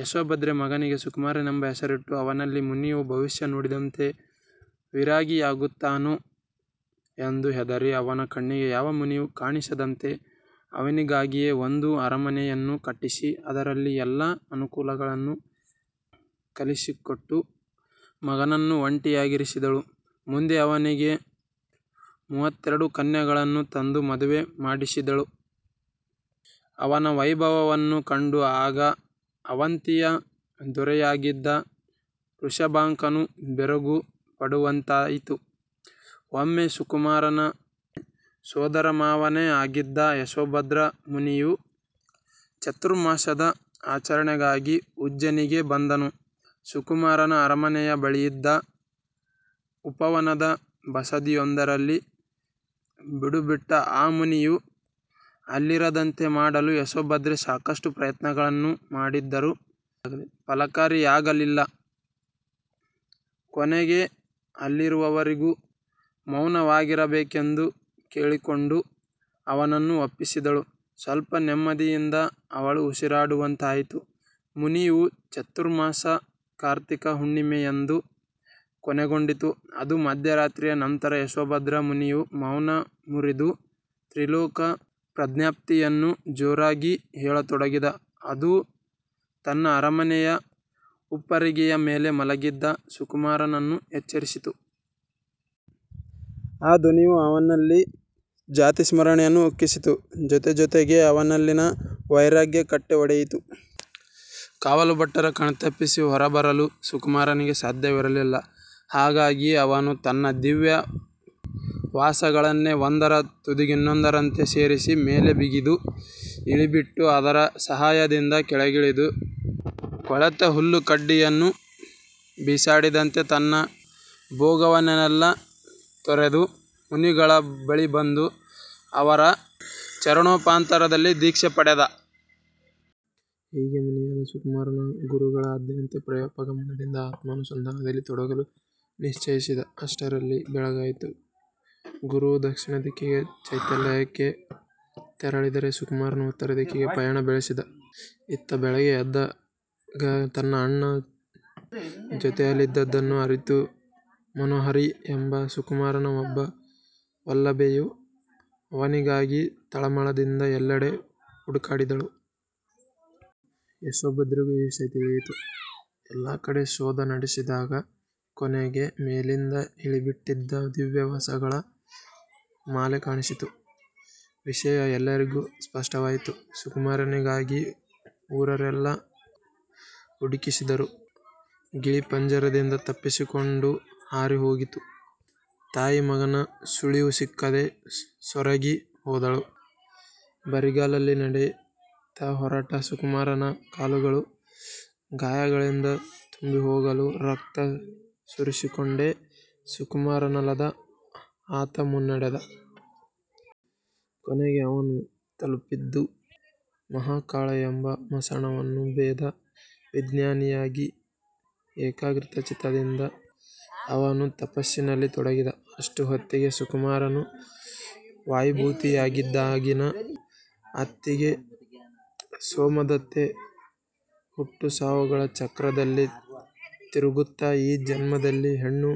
ಯಶೋಭದ್ರೆ ಮಗನಿಗೆ ಸುಕುಮಾರನೆಂಬ ಹೆಸರಿಟ್ಟು, ಅವನೆಲ್ಲಿ ಮುನಿಯು ಭವಿಷ್ಯ ನುಡಿದಂತೆ ವಿರಾಗಿಯಾಗುತ್ತಾನೋ ಎಂದು ಹೆದರಿ, ಅವನ ಕಣ್ಣಿಗೆ ಯಾವ ಮುನಿಯೂ ಕಾಣಿಸದಂತೆ ಅವನಿಗಾಗಿಯೇ ಒಂದು ಅರಮನೆಯನ್ನು ಕಟ್ಟಿಸಿ, ಅದರಲ್ಲಿ ಎಲ್ಲ ಅನುಕೂಲಗಳನ್ನೂ ಕಲಿಸಿಕೊಟ್ಟು, ಮಗನನ್ನು ಒಂಟಿಯಾಗಿರಿಸಿದಳು. ಮುಂದೆ ಅವನಿಗೆ ಮೂವತ್ತೆರಡು ಕನ್ಯಾಗಳನ್ನು ತಂದು ಮದುವೆ ಮಾಡಿಸಿದಳು. ಅವನ ವೈಭವವನ್ನು ಕಂಡು ಆಗ ಆವಂತಿಯ ದೊರೆಯಾಗಿದ್ದ ವೃಷಭಾಂಕನೂ ಬೆರಗು ಪಡುವಂತಾಯಿತು. ಒಮ್ಮೆ ಸುಕುಮಾರನ ಸೋದರಮಾವನೇ ಆಗಿದ್ದ ಯಶೋಭದ್ರ ಮುನಿಯು ಚಾತುರ್ಮಾಸದ ಆಚರಣೆಗಾಗಿ ಉಜ್ಜೇನಿಗೆ ಬಂದು ಸುಕುಮಾರನ ಆರಮನೆಯ ಬಳಿಯಿದ್ದ ಉಪವನದ ಬಸದಿಯೊಂದರಲ್ಲಿ ಬೀಡುಬಿಟ್ಟ. ಆ ಮುನಿಯು ಅಲ್ಲಿರದಂತೆ ಮಾಡಲು ಯಶೋಭದ್ರೆ ಸಾಕಷ್ಟು ಪ್ರಯತ್ನಗಳನ್ನು ಮಾಡಿದರೂ ಫಲಕಾರಿಯಾಗಲಿಲ್ಲ. ಕೊನೆಗೆ ಅಲ್ಲಿರುವವರೆಗೂ ಮೌನವಾಗಿರಬೇಕೆಂದು ಕೇಳಿಕೊಂಡು ಅವನನ್ನು ಒಪ್ಪಿಸಿದಳು. ಸ್ಪಲ್ಪ ನೆಮ್ಮದಿಯಿಂದ ಅವಳು ಉಸಿರಾಡುವಂತಾಯಿತು. ಮುನಿಯ ಚಾತುರ್ಮಾಸ ಕಾರ್ತಿಕ ಹುಣ್ಣೆಮೆಯಂದು ಕೊನೆಗೊಂಡಿತು. ಅಂದು ಮಧ್ಯರಾತ್ರಿಯ ನಂತರ ಯಶೋಭದ್ರ ಮುನಿಯು ಮೌನ ಮುರಿದು ತ್ರಿಲೋಕ ಪ್ರಜ್ಞಪ್ತಿಯನ್ನು ಜೋರಾಗಿ ಹೇಳತೊಡಗಿದ. ಅದು ತನ್ನ ಆರಮನೆಯ ಉಪ್ಪರಿಗೆಯ ಮೇಲೆ ಮಲಗಿದ್ದ ಸುಕುಮಾರನನ್ನು ಎಚ್ಚರಿಸಿತು. ಆ ಧ್ವನಿಯು ಅವನಲ್ಲಿ ಜಾತಿಸ್ಮರಣೆಯನ್ನು ಉಕ್ಕಿಸಿತು; ಜೊತೆ ಜೋತೆಗೇ ಅವನಲ್ಲಿನ ವೈರಾಗ್ಯ ಕಟ್ಟೆಯೊಡೆಯಿತು. ಕಾವಲುಭಟರ ಕಣ್ತಪ್ಪಿಸಿ ಹೊರಬರಲು ಸುಕುಮಾರನಿಗೆ ಸಾಧ್ಯವಿರಲಿಲ್ಲ. ಹಾಗಾಗಿ ಅವನು ತನ್ನ ದಿವ್ಯ ವಸಗಳನ್ನೇ ಒಂದರ ತುದಿಗಿನ್ನೊಂದರಂತೆ ಸೇರಿಸಿ ಮೇಲೆ ಬಿಗಿದು ಇಳಿಯಬಿಟ್ಟು ಅದರ ಸಹಾಯದಿಂದ ಕೆಳಗಿಳಿದು, ಕೊಳೆತ ಹುಲ್ಲು ಕಡ್ದಿಯನ್ನು ಬಿಸಾಡಿದಂತೆ ತನ್ನ ಭೋಗವನ್ನೆಲ್ಲ ತೊರೆದು, ಮುನಿಗಳ ಬಳಿ ಬಂದು ಅವರ ಚರಣೋಪಾಂತರದಲ್ಲಿ ದೀಕ್ಷೆ ಪಡೆದ. ಹೀಗೆ ಮುನಿಯಾದ ಸುಕುಮಾರನು ಗುರುಗಳ ಅಜ್ಞೆಯಂತೆ ಪ್ರಾಯೋಪಗಮನದಿಂದ ಆತ್ಮಾನು ಸಂದಾನದಲ್ಲಿ ತೊಡಗಲು ನಿಶ್ಚೈಸಿದ. ಅಷ್ಟರಲ್ಲಿ ಬೆಳಗಾಯಿತು; ಗುರುವು ದಕ್ಷಿಣ ದಿಕ್ಕಿನ ಚೈತ್ಯಾಲಯಕ್ಕೆ ತೆರಳಿದರೆ, ಸುಕುಮಾರನು ಉತ್ತರ ದಿಕ್ಕಿಗೆ ಪಯಣ ಬೆಳೆಸಿದ. ಇತ್ತ, ಬೆಳಿಗ್ಗೆ ಎದ್ದಾಗ ತನ್ನ ಅಣ್ಣ ಜೊತೆಯಲ್ಲಿದುದನ್ನು ಅರಿತ ಮನೋಹರಿ ಎಂಬ ಸುಕುಮಾರನ ಒಬ್ಬ ವಲ್ಲಭೆಯು ಅವನಿಗಾಗಿ ತಳಮಳದಿಂದ ಎಲ್ಲೆಡೆ ಹುಡುಕಾಡಿದಳು. ಯಶೋಭದ್ರೆಗೂ ಈ ವಿಷಯ ತಿಳಿಯುತು. ಎಲ್ಲ ಕಡೆ ಶೋಧ ನಡೆಸಿದಾಗ ಕೊನೆಗೆ, ಮೇಲಿನಿಂದ ಇಳಿಯಬಿಟ್ಟಿದ್ದ ದಿವ್ಯವಸಗಳ ಮಾಲೆ ಕಾಣಿಸಿತು. ವಿಷಯ ಎಲ್ಲರಿಗೂ ಸ್ಪಷ್ಟವಾಯಿತು. ಸುಕುಮಾರನಿಗಾಗಿ ಊರರೆಲ್ಲ ಹುಡುಕಿಸಿದರು. ಗಿಳಿ ಪಂಜರದಿಂದ ತಪ್ಪಿಸಿಕೊಂಡು ಹಾರಿ ಹೋಗಿತ್ತು. ತಾಯಿ ಮಗನ ಸುಳಿವು ಸಿಕ್ಕದೆ ಸೊರಗಿ ಹೋದಳು. ಬರಿಗಾಲಲ್ಲಿ ನಡೆಯುತ್ತ ಹೊರಟ ಸುಕುಮಾರನ ಕಾಲುಗಳು ಗಾಯಗಳಿಂದ ತುಂಬಿಹೋಗಲು, ರಕ್ತ ಸೋರಿಸಿಕೊಂಡೇ ಸುಕೋಮಲನಾದ ಆತ ಮುನ್ನಡೆದ. ಕೊನೆಗೆ ಅವನು ತಪಲಪಿದ್ದು ಮಹಾಕಾಳ ಎಂಬ ಮಸಣವನ್ನು, ಭೇದ ವಿಜ್ಞಾನಿಯಾಗಿ ಏಕಾಗ್ರಚಿತ್ತದಿಂದ ಅವನು ತಪಸ್ಸಿನಲ್ಲಿ ತೊಡಗಿದ. ಅಷ್ಟು ಹೊತ್ತಿಗೆ, ಸುಕುಮಾರನು ವಾಯುಭೂತಿಯಾಗಿದ್ದಾಗಿನ ಅತ್ತಿಗೆ ಸೋಮದತ್ತೆ ಹುಟ್ಟು ಸಾವುಗಳ ಚಕ್ರದಲ್ಲಿ ತಿರುಗುತ್ತ ಈ ಜನ್ಮದಲ್ಲಿ ಹೆಣ್ಣು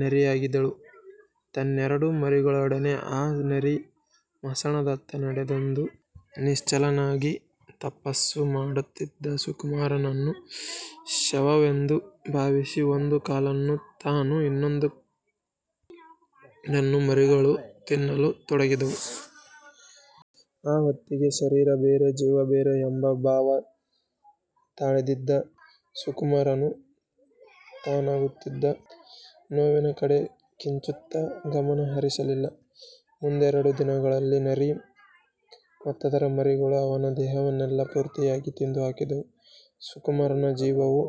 ನರಿಯಾಗಿದ್ದಳು. ತನ್ನೆರಡು ಮರಿಗಳೊಡನೆ ಆ ನರಿ ಮಸಣದತ್ತ ನಡೆತಂದು, ನಿಶ್ಚಲನಾಗಿ ತಪಸ್ಸು ಮಾಡುತ್ತಿದ್ದ ಸುಕುಮಾರನನ್ನು ಶವವೆಂದು ಭಾವಿಸಿ ಒಂದು ಕಾಲನ್ನು ತಾನು, ಇನ್ನೊಂದನ್ನು ಮರಿಗಳು ತಿನ್ನಲು ತೊಡಗಿದವು. ಆ ಹೊತ್ತಿಗೆ "ಶರೀರ ಬೇರೆ, ಜೀವ ಬೇರೆ" ಏಂಬ ಭಾವ ತಳೆದಿದ್ದ ಸುಕುಮಾರನು ತನಾಗುತ್ತಿದ್ದ ನೋವಿನ ಕಡೆ ಕಿಂಚಿತ್ತೂ ಗಮನ ಹರಿಸಲಿಲ್ಲ. ಮುಂದೆರಡು ದಿನಗಳಲ್ಲಿ ನರಿ ಮತ್ತದರ ಮರಿಗಳು ಅವನ ದೇಹವನ್ನೆಲ್ಲ ಪೂರ್ತಿಯಾಗಿ ತಿಂದು ಹಾಕಿದವು. ಸುಕುಮಾರನ ಜೀವವು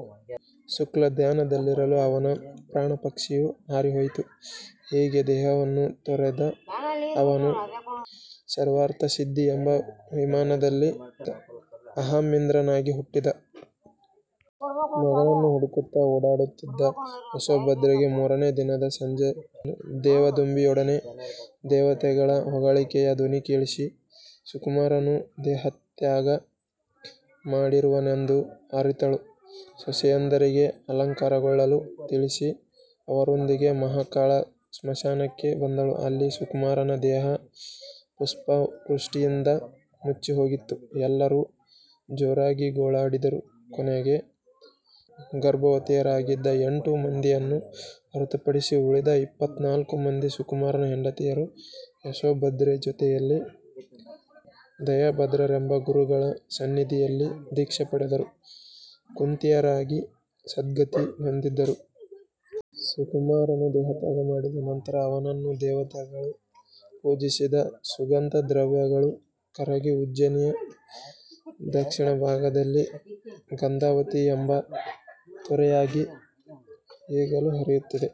ಶುಕ್ಲಧ್ಯಾನದಲ್ಲಿರಲು, ಅವನ ಪ್ರಾಣಪಕ್ಷಿಯು ಹಾರಿಹೋಯುತು. ಹೀಗೆ ದೇಹವನ್ನು ತೊರೆದ ಅವನು ಸರ್ವಾರ್ಥಸಿದ್ಧಿ ಎಂಬ ವಿಮಾನದಲ್ಲಿ ಅಹಮಿಂದ್ರನಾಗಿ ಹುಟ್ಟಿದ. ಮಗನನ್ನು ಹುಡುಕುತ್ತ ಓಡಾಡುತ್ತಿದ್ದ ಯಶೋಭದ್ರೆಗೆ ಮೂರನೆಯ ದಿನದ ಸಂಜೆ ದೇವದುಂದುಭಿಯೊಡನೆ ದೇವತೆಗಳ ಹೊಗಳಿಕೆಯ ಧ್ವನಿ ಕೇಳಿಸಿ, ಸುಕುಮಾರನು ದೇಹತ್ಯಾಗ ಮಾಡಿರುವನೆಂದು ಅರಿತಳು. ಸೊಸೆಯಂದಿರಿಗೆ ಅಲಂಕಾರಗೊಳ್ಳಲು ತಿಳಿಸಿ, ಅವರೊಂದಿಗೆ ಮಹಾಕಾಳ ಶ್ಮಶಾನಕ್ಕೆ ಬಂದಳು. ಅಲ್ಲಿ ಸುಕುಮಾರನ ದೇಹ ಪುಷ್ಪವೃಷ್ಟಿಯಿಂದ ಮುಚ್ಚಿಹೋಗಿತ್ತು. ಎಲ್ಲರೂ ಜೋರಾಗಿ ಗೋಳಾಡಿದರು. ಕೊನೆಗೆ ಗರ್ಭವತಿಯಾರಾಗಿದ್ದ ಎಂಟು ಮಂದಿಯನ್ನು ಹೊರತುಪಡಿಸಿ ಉಳಿದ ಇಪ್ಪತ್ತನಾಲ್ಕು ಮಂದಿ ಸುಕುಮಾರನ ಹೆಂಡತಿಯರು ಯಶೋಭದ್ರೆ ಜೊತೆಯಲ್ಲಿ ದಯಾಭದ್ರರೆಂಬ ಗುರುಗಳ ಸನ್ನಿಧಿಯಲ್ಲಿ ದೀಕ್ಷೆ ಪಡೆದರು; ಕುಂತಿಯರಾಗಿ ಸದ್ಗತಿ ಹೊಂದಿದರು. ಸುಕುಮಾರನು ದೇಹತ್ಯಾಗ ಮಾಡಿದ ನಂತರ ಅವನನ್ನು ದೇವತೆಗಳು ಪೂಜಿಸಿದ ಸುಗಂಧದ್ರವ್ಯಗಳು ಕರಗಿ ಉಜ್ಜೇನಿಯ ದಕ್ಕ್ಷಿಣಭಾಗದಲ್ಲಿ "ಗಂಧವತಿ" ಎಂಬ ತೊರೆಯಾಗಿ ಈಗಲೂ ಹರಿಯುತ್ತಿದೆ!